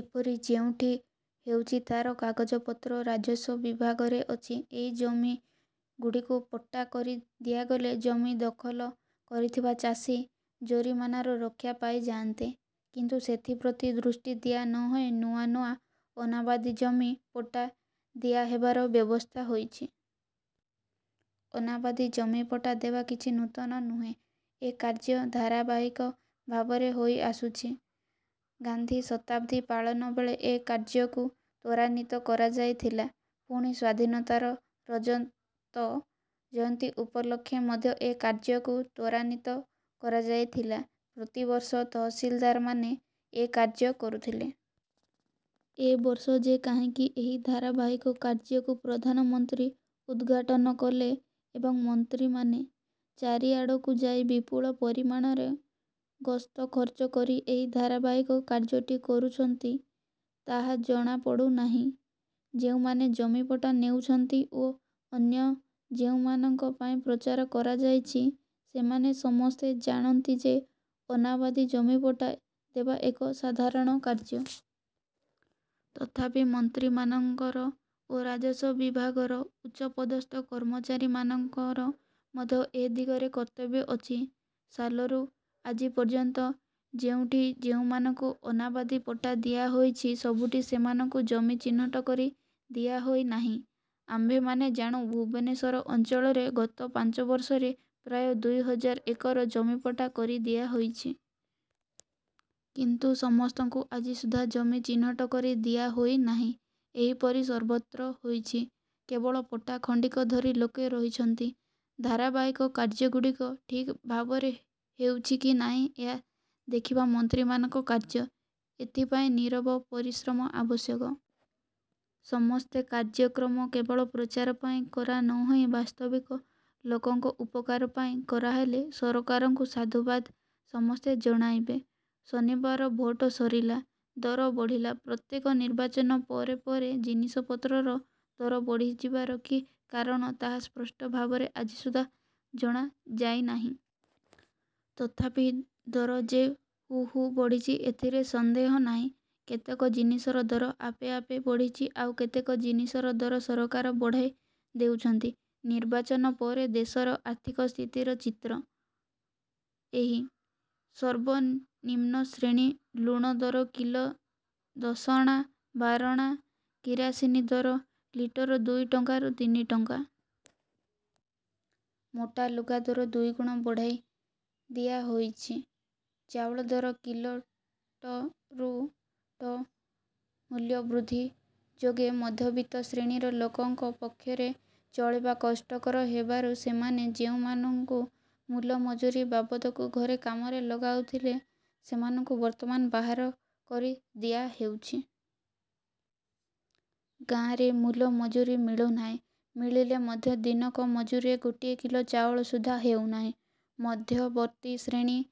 ଏପରି ଯେଉଁଠି ହେଉଛି ତା'ର କାଗଜପତ୍ର ରାଜସ୍ୱ ବିଭାଗରେ ଅଛି। ଏହି ଜମିଗୁଡ଼ିକୁ ପଟ୍ଟା କରି ଦିଆଗଲେ ଜମି ଦଖଲ କରିଥିବା ଚାଷୀ ଜରିମାନାରୁ ରକ୍ଷା ପାଇଯାଆନ୍ତେ। କିନ୍ତୁ ସେଥିପ୍ରତି ଦୃଷ୍ଟି ଦିଆ ନହୋଇ ନୂଆ ନୂଆ ଅନାବାଦୀ ଜମି ପଟ୍ଟା ଦିଆହେବାର ବ୍ୟବସ୍ଥା ହୋଇଛି। ଅନାବାଦୀ ଜମିପଟ୍ଟା ଦେବା କିଛି ନୂତନ ନୁହେଁ। ଏ କାର୍ଯ୍ୟ ଧାରାବାହିକ ଭାବରେ ହୋଇଆସୁଛି। ଗାନ୍ଧୀ ଶତାବ୍ଦୀ ପାଳନ ବେଳେ ଏ କାର୍ଯ୍ୟକୁ ତ୍ୱରାନ୍ୱିତ କରାହୋଇଥିଲା। ପୁଣି ସ୍ୱାଧୀନତାର ରଜତ ଜୟନ୍ତୀ ଉପଲକ୍ଷେ ମଧ୍ୟ ଏ କାର୍ଯ୍ୟକୁ ତ୍ୱରାନ୍ୱିତ କରାହୋଇଥିଲା। ପ୍ରତିବର୍ଷ ତହସିଲଦାରମାନେ ଏ କାର୍ଯ୍ୟ କରୁଥିଲେ-। ଏ ବର୍ଷ ଯେ କାହିଁକି ଏହି ଧାରାବାହିକ କାର୍ଯ୍ୟକୁ ପ୍ରଧାନମନ୍ତ୍ରୀ ଉଦ୍ଘାଟନ କଲେ ଏବଂ ମନ୍ତ୍ରୀମାନେ। ଚାରିଆଡ଼କୁ ଯାଇ ବିପୁଳ ପରିମାଣରେ ଗସ୍ତ ଖର୍ଚ୍ଚ କରି ଏହି ଧାରାବାହିକ କାର୍ଯ୍ୟଟି କରୁଛନ୍ତି ତାହା ଜଣାପଡ଼ୁ ନାହିଁ। ଯେଉଁମାନେ ଜମିପଟ୍ଟା ନେଉଛନ୍ତି ଓ ଅନ୍ୟ ଯେଉଁମାନଙ୍କ ପାଇଁ ପ୍ରଚାର କରାଯାଇଛି, ସେମାନେ ସମସ୍ତେ ଜାଣନ୍ତି ଯେ ଅନାବାଦୀ ଜମିପଟ୍ଟା ଦେବା ଏକ ସାଧାରଣ କାର୍ଯ୍ୟ। ତଥାପି ମନ୍ତ୍ରୀମାନଙ୍କର ଓ ରାଜସ୍ୱ ବିଭାଗର ଉଚ୍ଚପଦସ୍ଥ କର୍ମଚାରୀ ମାନଙ୍କର ମଧ୍ୟ ଏ ଦିଗରେ କର୍ତ୍ତବ୍ୟ ଅଛି। ସାଲରୁ ଆଜି ପର୍ଯ୍ୟନ୍ତ ଯେଉଁଠି ଯେଉଁମାନଙ୍କୁ ଅନାବାଦୀ ପଟ୍ଟା ଦିଆହୋଇଛି ସବୁଠି ସେମାନଙ୍କୁ ଜମି ଚିହ୍ନଟ କରି ଦିଆହୋଇ ନାହିଁ। ଆମ୍ଭେମାନେ ଜାଣୁଁ ଭୁବନେଶ୍ୱର ଅଞ୍ଚଳରେ ଗତ ପାଞ୍ଚ ବର୍ଷରେ ପ୍ରାୟ ଦୁଇ ହଜାର ଏକର ଜମିପଟ୍ଟା କରି ଦିଆହୋଇଛି-। କିନ୍ତୁ ସମସ୍ତଙ୍କୁ ଆଜି ସୁଦ୍ଧା ଜମି ଚିହ୍ନଟ କରି ଦିଆହୋଇ ନାହିଁ। ଏହିପରି ସର୍ବତ୍ର ହୋଇଛି-। କେବଳ ପଟ୍ଟା ଖଣ୍ଡିକ ଧରି ଲୋକେ ରହିଛନ୍ତି। ଧାରାବାହିକ କାର୍ଯ୍ୟଗୁଡ଼ିକ ଠିକ ଭାବରେ ହେଉଛି କି ନାହିଁ, ଏହା ଦେଖିବା ମନ୍ତ୍ରୀମାନଙ୍କ କାର୍ଯ୍ୟ। ଏଥିପାଇଁ ନୀରବ ପରିଶ୍ରମ ଆବଶ୍ୟକ-। ସମସ୍ତ କାର୍ଯ୍ୟକ୍ରମ କେବଳ ପ୍ରଚାର ପାଇଁ କରା ନହୋଇ ବାସ୍ତବିକ ଲୋକଙ୍କ ଉପକାର ପାଇଁ କରାହେଲେ ସରକାରଙ୍କୁ ସାଧୁବାଦ ସମସ୍ତେ ଜଣାଇବେ। ଶନିବାର ଭୋଟ ସରିଲା; ଦର ବଢ଼ିଲା ପ୍ରତ୍ୟେକ ନିର୍ବାଚନ ପରେ ପରେ ଜିନିଷପତ୍ରର ଦର ବଢ଼ିଯିବାର କି କାରଣ ତାହା ସ୍ପଷ୍ଟ ଭାବରେ ଆଜିସୁଦ୍ଧା ଜଣା ଯାଇନାହିଁ। ତଥାପି ଦର ଯେ ହୁ ହୁ ବଢ଼ିଛି ଏଥିରେ ସନ୍ଦେହ ନାହିଁ। କେତେକ ଜିନିଷର ଦର ଆପେ ଆପେ ବଢ଼ିଛି; ଆଉ କେତେକ ଜିନିଷର ଦର ସରକାର ବଢ଼ାଇ ଦେଉଛନ୍ତି। ନିର୍ବାଚନ ପରେ ଦେଶର ଆର୍ଥିକ ସ୍ଥିତିର ଚିତ୍ର ଏହି- ସର୍ବନିମ୍ନ ଶ୍ରେଣୀ-ଲୁଣ ଦର କିଲୋ ଦଶଣା-ବାରଣା, କିରାସିନୀ ଦର ଲିଟର ଦୁଇ ଟଙ୍କାରୁ ତିନିଟଙ୍କା। ମୋଟା ଲୁଗା ଦର ଦୁଇଗୁଣ ବଢ଼ାଇ ଦିଆହୋଇଛି। ଚାଉଳ ଦର କିଲୋ ଟ ରୁ ଟ ମୂଲ୍ୟ ବୃଦ୍ଧି ଯୋଗେ ମଧ୍ୟବିତ୍ତ ଶ୍ରେଣୀର ଲୋକଙ୍କ ପକ୍ଷରେ ଚଳିବା କଷ୍ଟକର ହେବାରୁ ସେମାନେ ଯେଉଁମାନଙ୍କୁ ମୂଲ-ମଜୁରୀ ବାବଦକୁ ଘରେ କାମରେ ଲଗାଉଥିଲେ ସେମାନଙ୍କୁ ବର୍ତ୍ତମାନ ବାହାର କରି ଦିଆହେଉଛି। ଗାଁରେ ମୂଲ ମଜୁରୀ ମିଳୁନାହିଁ। ମିଳିଲେ ମଧ୍ୟ ଦିନକ ମଜୁରୀରେ ଗୋଟିଏ କିଲୋ ଚାଉଳ ସୁଦ୍ଧା ହେଉନାହିଁ। ମଧ୍ୟବର୍ତ୍ତୀ ଶ୍ରେଣୀ-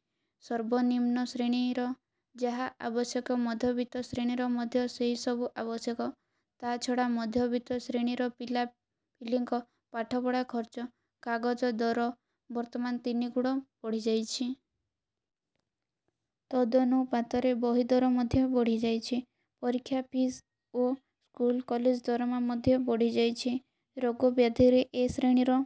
ସର୍ବନିମ୍ନ ଶ୍ରେଣୀର ଯାହା ଆବଶ୍ୟକ ମଧ୍ୟବିତ୍ତ ଶ୍ରେଣୀର ମଧ୍ୟ ସେହିସବୁ ଆବଶ୍ୟକ। ତା' ଛଡ଼ା ମଧ୍ୟବିତ୍ତ ଶ୍ରେଣୀର ପିଲା-ପିଲିଙ୍କ ପାଠପଢ଼ା ଖର୍ଚ୍ଚ। କାଗଜ ଦର ବର୍ତ୍ତମାନ ତିନିଗୁଣ ବଢ଼ିଯାଇଛି। ତଦନୁପାତରେ ବହି ଦର ମଧ୍ୟ ବଢ଼ିଯାଇଛି। ପରୀକ୍ଷା ଫିସ୍ ଓ ସ୍କୁଲ କଲେଜ ଦରମା ମଧ୍ୟ ବଢ଼ିଯାଇଛି। ରୋଗ ବ୍ୟାଧିରେ ଏ ଶ୍ରେଣୀର